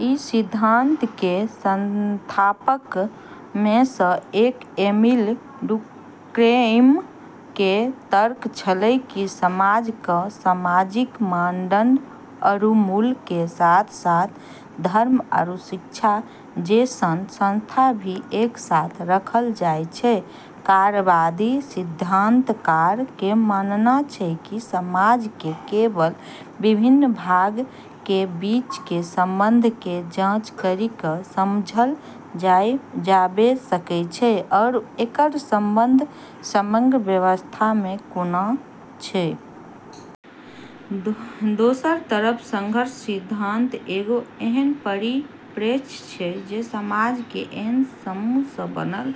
ई सिद्धांत केरऽ संस्थापकऽ मे से एक एमिल डुर्केइम केरऽ तर्क छेलै कि समाज क॑ सामाजिक मानदंड आरू मूल्यऽ के साथ-साथ धर्म आरू शिक्षा जैसनऽ संस्था भी एक साथ रखलऽ जाय छै, कार्यवादी सिद्धांतकारऽ के मानना छै कि समाज के केवल विभिन्न भागऽ के बीच के संबंधऽ के जांच करी के समझलऽ जाबे सकै छै आरू एकरऽ संबंध समग्र व्यवस्था स॑ कोना छै। दोसरऽ तरफ संघर्ष सिद्धांत एगो ऐन्हऽ परिप्रेक्ष्य छै जे समाज के ऐन्हऽ समूहऽ से बनलऽ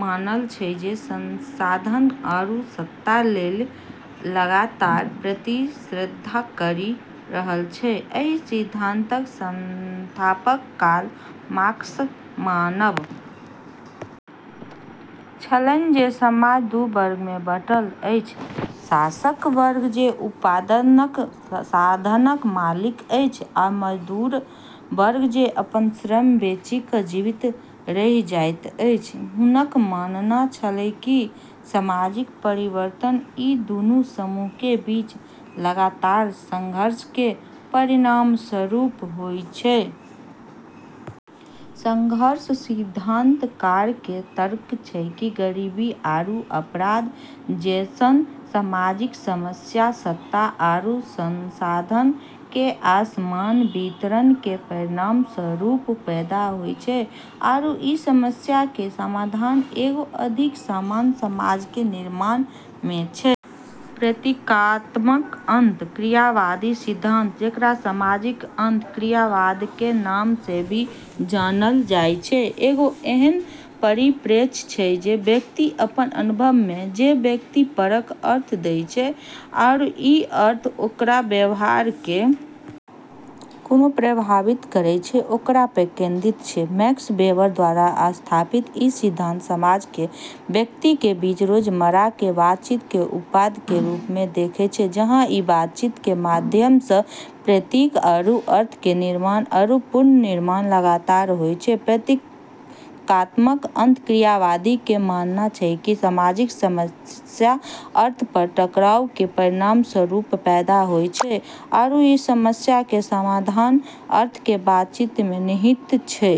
माने छै जे संसाधन आरू सत्ता लेली लगातार प्रतिस्पर्धा करी रहलऽ छै, एहि सिद्धांतक संस्थापक कार्ल मार्क्सक मानब छलनि जे समाज दू वर्ग मे बँटल अछि, शासक वर्ग जे उत्पादनक साधनक मालिक अछि आ मजदूर वर्ग जे अपन श्रम बेचि क जीवित रहि जाइत अछि हुनकऽ मानना छेलै कि सामाजिक परिवर्तन ई दूनू समूह के बीच लगातार संघर्ष के परिणामस्वरूप होय छै। संघर्ष सिद्धांतकारऽ के तर्क छै कि गरीबी आरू अपराध जैसनऽ सामाजिक समस्या सत्ता आरू संसाधनऽ के असमान वितरण के परिणामस्वरूप पैदा होय छै आरू ई समस्या के समाधान एगो अधिक समान समाज के निर्माण मे छै। प्रतीकात्मक अंतःक्रियावादी सिद्धांत जेकरा सामाजिक अंतःक्रियावाद के नाम से भी जानलऽ जाय छै, एगो ऐन्हऽ परिप्रेक्ष्य छै जे व्यक्ति अपनऽ अनुभव मे जे व्यक्तिपरक अर्थ दै छै‌ आरू ई अर्थ ओकरऽ व्यवहार के कोना प्रभावित करै छै ओकरा पे केंद्रित छै, मैक्स वेबर द्वारा स्थापित ई सिद्धांत समाज के व्यक्ति के बीच रोजमर्रा के बातचीत के उत्पाद के रूप मे देखै छै, जहाँ ई बातचीत के माध्यम से प्रतीक आरू अर्थ के निर्माण आरू पुनर्निर्माण लगातार होय छै, प्रतीकात्मक अंतःक्रियावादी के मानना छै कि सामाजिक समस्या अर्थऽ पर टकराव के परिणामस्वरूप पैदा होय छै आरू ई समस्या के समाधान साझा अर्थ के बातचीत में निहित छै।